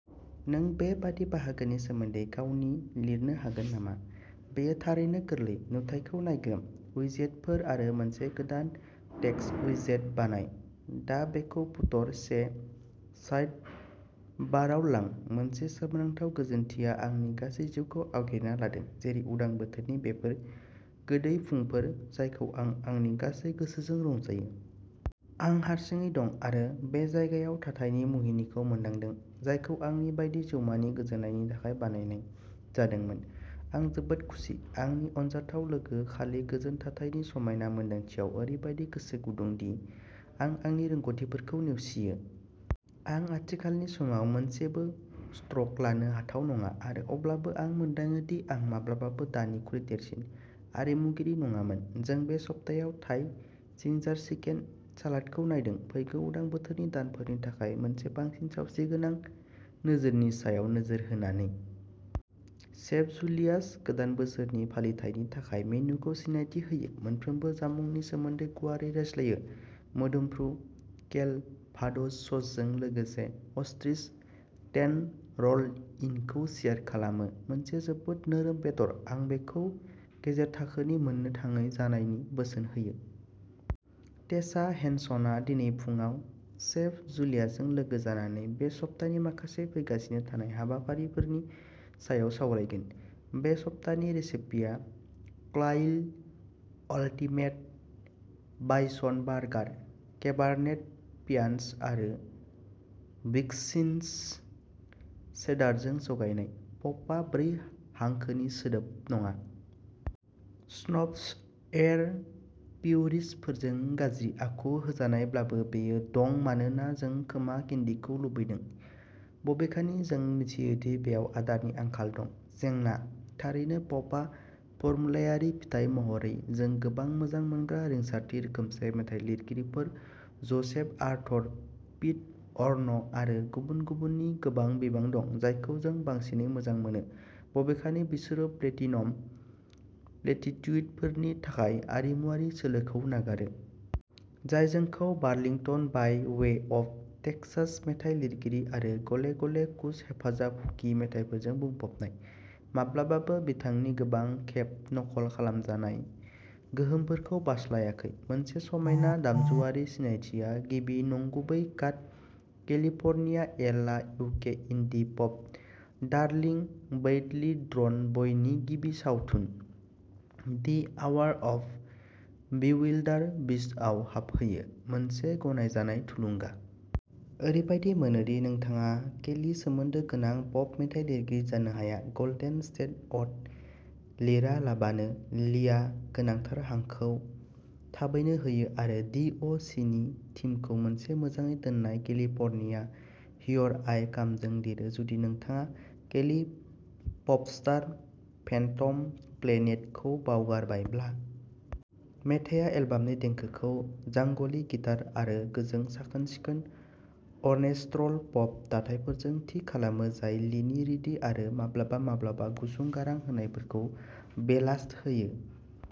नों बे बायदि बाहागोनि सोमोन्दै गावनि लिरनो हागोन नामा? बेयो थारैनो गोरलै। नुथाइखौ नायग्रोम उइजेतफोर आरो मोनसे गोदान टेक्सट उइजेट बानाय। दा बेखौ फुटर से साइडबारआव लां। मोनसे सोमोनांथाव गोजोनथिया आंनि गासै जिउखौ आवग्रिना लादों, जेरै उदां बोथोरनि बेफोर गोदै फुंफोर जायखौ आं आंनि गासै गोसोजों रंजायो। आं हारसिङै दं, आरो बे जायगायाव थाथायनि मुहिनिखौ मोनदांदों, जायखौ आंनि बायदि जिउमानि गोजोननायनि थाखाय बानायनाय जादोंमोन। आं जोबोद खुसि, आंनि अनजाथाव लोगो, खालि गोजोन थाथायनि समायना मोनदांथियाव ओरैबादि गोसो गुदुं, दि आं आंनि रोंग'थिफोरखौ नेवसियो। आं आथिखालनि समाव मोनसेबो स्ट्र'क लानो हाथाव नङा; आरो अब्लाबो आं मोनदाङो दि आं माब्लाबाबो दानिख्रुइ देरसिन आरिमुगिरि नङामोन। जों बे सप्तायाव थाइ जिंजार चिकेन सालादखौ नायदों, फैगौ उदां बोथोरनि दानफोरनि थाखाय मोनसे बांसिन सावस्रिगोनां नोजोरनि सायाव नोजोर होनानै। Chef Julius. गोदान बोसोरनि फालिथायनि थाखाय मेनुखौ सिनायथि होयो, मोनफ्रोमबो जामुंनि सोमोन्दै गुवारै रायज्लायो। मोदोमफ्रु केलभाडोस ससजों लोगोसे अस्ट्रिच टेन्डरलइनखौ सियार खालामो। मोनसे जोबोद नोरोम बेदर, आं बेखौ गेजेर थाखोनि मोननो थाङै जानायनि बोसोन होयो। टेसा हेनसनआ दिनै फुंआव शेफ जुलियासजों लोगो जानानै बे सप्तानि माखासे फैगासिनो थानाय हाबाफारिफोरनि सायाव सावरायगोन। बे सप्तानि रेसिपिया quail. Ultimate bison burger! Cabernet पियान्स आरो विस्कन्सिन चेडारजों जगायनाय। पपआ ब्रै हांखोनि सोदोब नङा। स्नब्स, एर, प्युरिस्टफोरजों गाज्रि आखु होजानायब्लाबो, बेयो दं मानोना जों खोमा केन्डीखौ लुबैदों, बबेखानि जों मिथियो दि बेयाव आदारनि आंखाल दं। जेंना, थारैनो, पपआ फर्मुलायारि। फिथाय महरै जों गोबां मोजां मोनग्रा रिंसारथि रोखोमसे मेथाइ लिरगिरिफोर ज'सेफ आर्थर, पीट यर्न, आरो गुबुन गुबुननि गोबां बिबां दं, जायखौ जों बांसिनै मोजां मोनो, बबेखानि बिसोरो प्लेटिनम प्लेटिट्युडफोरनि थाखाय आरिमुआरि सोलोखौ नागारो। जाय जोंखौ Burlington by way of Texas मेथाइ लिरगिरि आरो गले गले कुश हेफाजाब हुकि मिथाइफोरजों बुंफबनाय, माब्लाबाबो बिथांनि गोबां खेब नखल खालामजानाय गोहोमफोरखौ बारस्लायाखै। मोनसे समायना दामजुआरि सिनायथिआ गिबि नंगुबै काट, केलिफर्निया ए ला इउके indie pop darling badly drawn बयनि गिबि सावथुन, दि आवार अफ बिउइल्डारबिस्टआव हाबहैयो, मोनसे गनायजानाय थुलुंगा। ओरैबायदि मोनो दि नोंथाङा केलि सोमोन्दो गोनां पप मेथाइ लिरगिरि जानो हाया गल्डेन स्टेट अ'ड लिरालाबानो। लिआ गोनांथार हांखौ थाबैनो होयो आरो दि अ सिनि थीमखौ मोनसे मोजाङै दोननाय केलिफर्निया, हियर आइ कामजों लिरो जुदि नोंथाङा केलि प'पस्टार फेन्टम प्लेनेटखौ बावगारबायब्ला। मेथाइया एलबामनि देंखोखौ जांगलि गिटार आरो गोजों, साखोन सिखोन अर्केस्ट्रल पप दाथायफोरजों थि खालामो जाय लीनि रिडी आरो माब्लाबा माब्लाबा गुसुं गारां होनायफोरखौ बेलास्ट होयो।